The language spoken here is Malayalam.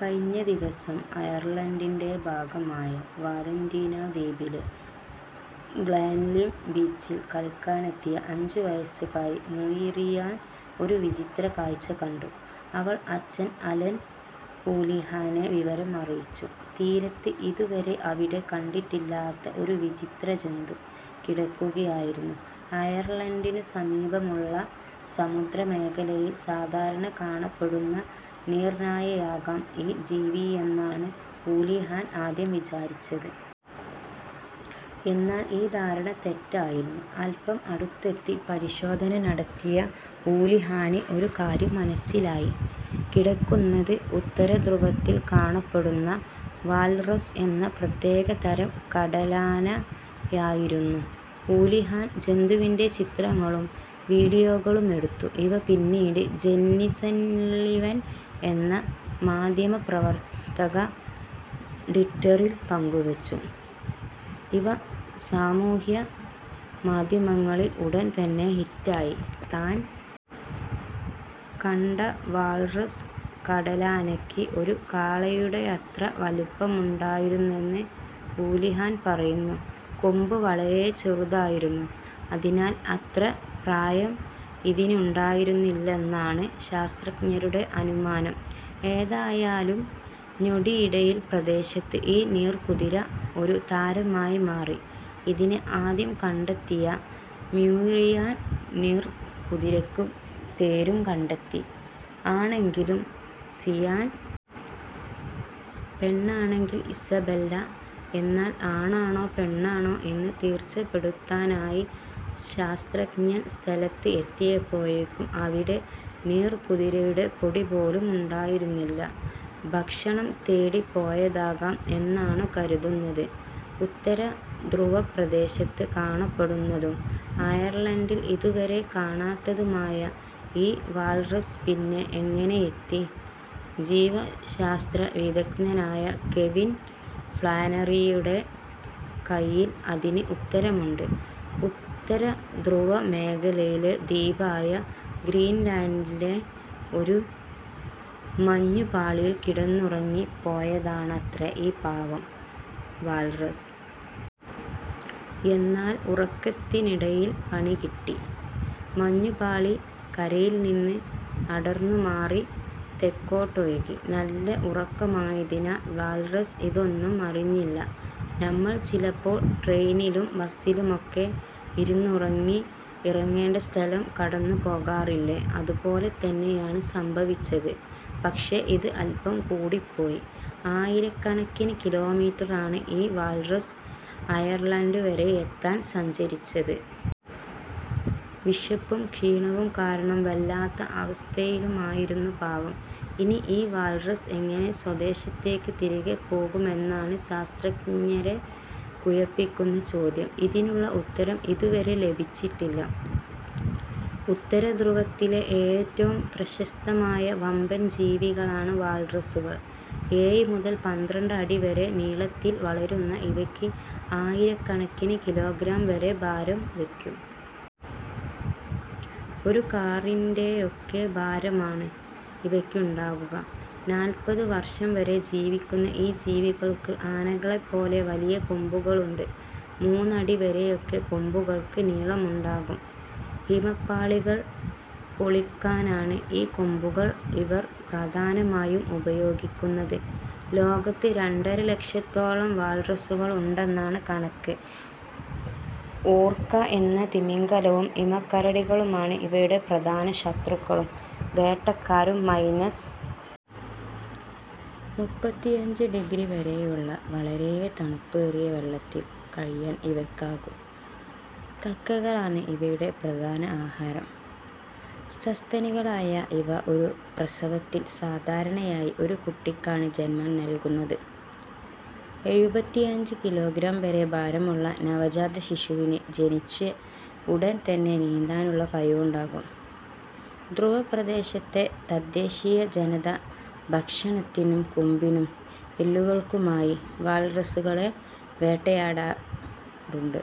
കഴിഞ്ഞ ദിവസം അയർലൻഡിന്റെ ഭാഗമായ വാലന്റീന ദ്വീപിലെ ഗ്ലാൻലിം ബീച്ചിൽ കളിക്കാനെത്തിയ അഞ്ച് വയസ്സുകാരി മ്യൂയിറിയാൻ ഒരു വിചിത്ര കാഴ്ച കണ്ടു. അവൾ അച്ഛൻ അലൻ ഹൂലിഹാനെ വിവരം അറിയിച്ചു. തീരത്ത് ഇതുവരെ അവിടെ കണ്ടിട്ടില്ലാത്ത ഒരു വിചിത്രജന്തു കിടക്കുകയായിരുന്നു. അയർലൻഡിനു സമീപമുള്ള സമുദ്രമേഖലയിൽ സാധാരണ കാണപ്പെടുന്ന നീർനായയാകാം ഈ ജീവിയെന്നാണ് ഹൂലിഹാൻ ആദ്യം വിചാരിച്ചത്. എന്നാൽ ഈ ധാരണ തെറ്റായിരുന്നു. അൽപം അടുത്തെത്തി പരിശോധന നടത്തിയ ഹൂലിഹാന് ഒരു കാര്യം മനസ്സിലായി. കിടക്കുന്നത് ഉത്തരധ്രുവത്തിൽ കാണപ്പെടുന്ന വാൽറസ് എന്ന പ്രത്യേകതരം കടലാനയായിരുന്നു. ഹൂലിഹാൻ ജന്തുവിന്റെ ചിത്രങ്ങളും വിഡിയോകളും എടുത്തു. ഇവ പിന്നീട് ജെന്നി സള്ളിവൻ എന്ന മാധ്യമപ്രവർത്തക ട്വിറ്ററിൽ പങ്കുവച്ചു. ഇവ സമൂഹമാധ്യമങ്ങളിൽ ഉടൻ തന്നെ ഹിറ്റായി. താൻ കണ്ട വാൽറസ് കടലാനയ്ക്ക് ഒരു കാളയുടെയത്ര വലുപ്പമുണ്ടായിരുന്നെന്ന് ഹൂലിഹാൻ പറയുന്നു. കൊമ്പ് വളരെ ചെറുതായിരുന്നു. അതിനാൽ അത്ര പ്രായം ഇതിനുണ്ടായിരിക്കില്ലെന്നാണ് ശാസ്ത്രജ്ഞരുടെ അനുമാനം. ഏതായാലും ഞൊടിയിടയിൽ പ്രദേശത്ത് ഈ നീർക്കുതിര ഒരു താരമായി മാറി. ഇതിനെ ആദ്യം കണ്ടെത്തിയ മ്യൂയിറിയാൻ നീർക്കുതിരയ്ക്ക് പേരും കണ്ടെത്തി. ആണാണെങ്കിൽ സിയാൻ. പെണ്ണാണെങ്കിൽ ഇസബെല്ല. എന്നാൽ ആണാണോ പെണ്ണാണോ എന്ന് തീർച്ചപ്പെടുത്താനായി ശാസ്ത്രജ്ഞർ സ്ഥലത്ത് എത്തിയപ്പോഴേക്കും അവിടെ നീർക്കുതിരയുടെ പൊടിപോലുമുണ്ടായിരുന്നില്ല. ഭക്ഷണം തേടിപ്പോയതാകാം എന്നാണു കരുതുന്നത്. ഉത്തരധ്രുവപ്രദേശത്ത് കാണപ്പെടുന്നതും അയർലൻഡിൽ ഇതുവരെ കാണാത്തതുമായ ഈ വാൽറസ് പിന്നെ എങ്ങനെ എത്തി. ജീവശാസ്ത്ര വിദഗ്ധനായ കെവിൻ ഫ്ലാനറിയുടെ കൈയിൽ അതിന് ഉത്തരമുണ്ട്. ഉത്തരധ്രുവ മേഖലയിലെ ദ്വീപായ ഗ്രീൻലൻഡിലെ ഒരു മഞ്ഞുപാളിയിൽ കിടന്നുറങ്ങിപ്പോയതാണത്രേ ഈ പാവം വാൽറസ്. എന്നാൽ ഉറക്കത്തിനിടയിൽ പണികിട്ടി. മഞ്ഞുപാളി കരയിൽ നിന്ന് അടർന്നുമാറി തെക്കോട്ടൊഴുകി. നല്ല ഉറക്കമായതിനാൽ വാൽറസ് ഇതൊന്നും അറിഞ്ഞില്ല. നമ്മൾ ചിലപ്പോൾ ട്രെയിനിലും ബസിലുമൊക്കെ ഇരുന്നുറങ്ങി ഇറങ്ങേണ്ട സ്ഥലം കടന്നുപോകാറില്ലേ. അതുപോലെ തന്നെയാണ് സംഭവിച്ചത്. പക്ഷേ ഇത് അൽപം കൂടിപ്പോയി. ആയിരക്കണക്കിന് കിലോമീറ്ററാണ് ഈ വാൽറസ് അയർലൻഡ് വരെയെത്താൻ സഞ്ചരിച്ചത്. വിശപ്പും ക്ഷീണവും കാരണം വല്ലാത്ത അവസ്ഥയിലുമായിരുന്നു പാവം.ഇനി ഈ വാൽറസ് എങ്ങനെ സ്വദേശത്തേക്ക് തിരികെപ്പോകുമെന്നതാണ് ശാസ്ത്രജ്ഞരെ കുഴപ്പിക്കുന്ന ചോദ്യം. ഇതിനുള്ള ഉത്തരം ഇതുവരെ ലഭിച്ചിട്ടില്ല. ഉത്തരധ്രുവത്തിലെ ഏറ്റവും പ്രശസ്തമായ വമ്പൻ ജീവികളാണ് വാൽറസുകൾ. ഏഴ് മുതൽ പന്ത്രണ്ട് അടി വരെ നീളത്തിൽ വളരുന്ന ഇവയ്ക്ക് ആയിരക്കണക്കിന് കിലോഗ്രാം വരെ ഭാരം വയ്ക്കും. ഒരു കാറിന്റെയൊക്കെ ഭാരമാണ് ഇവയ്ക്കുണ്ടാകുക. നാൽപ്പത് വർഷം വരെ ജീവിക്കുന്ന ഈ ജീവികൾക്ക് ആനകളെപ്പോലെ വലിയ കൊമ്പുകളുണ്ട്. മൂന്ന് അടി വരെയൊക്കെ കൊമ്പുകൾക്ക് നീളമുണ്ടാകും. ഹിമപാളികൾ പൊളിക്കാനാണ് ഈ കൊമ്പുകൾ ഇവർ പ്രധാനമായും ഉപയോഗിക്കുന്നത്. ലോകത്ത് രണ്ടര ലക്ഷത്തോളം വാൽറസുകളുണ്ടെന്നാണ് കണക്ക്. ഓർക്ക എന്ന തിമിംഗലവും ഹിമക്കരടികളുമാണ് ഇവയുടെ പ്രധാന ശത്രുക്കളും വേട്ടക്കാരും. മൈനസ് മുപ്പത്തിയഞ്ച് ഡിഗ്രി വരെയുള്ള വളരെ തണുപ്പേറിയ വെള്ളത്തിൽ കഴിയാൻ ഇവയ്ക്കാകും. കക്കകളാണ് ഇവയുടെ പ്രധാന ആഹാരം. സസ്തനികളായ ഇവ ഒരു പ്രസവത്തിൽ സാധാരണയായി ഒരു കുട്ടിക്കാണ് ജന്മം നൽകുന്നത്. എഴുപത്തിയഞ്ച് കിലോഗ്രാം വരെ ഭാരമുള്ള നവജാതശിശുവിന് ജനിച്ച് ഉടൻ തന്നെ നീന്താനുള്ള കഴിവുണ്ടാകും. ധ്രുവപ്രദേശത്തെ തദ്ദേശീയ ജനത ഭക്ഷണത്തിനും കൊമ്പിനും എല്ലുകൾക്കുമായി വാൽറസുകളെ വേട്ടയാടാറുണ്ട്.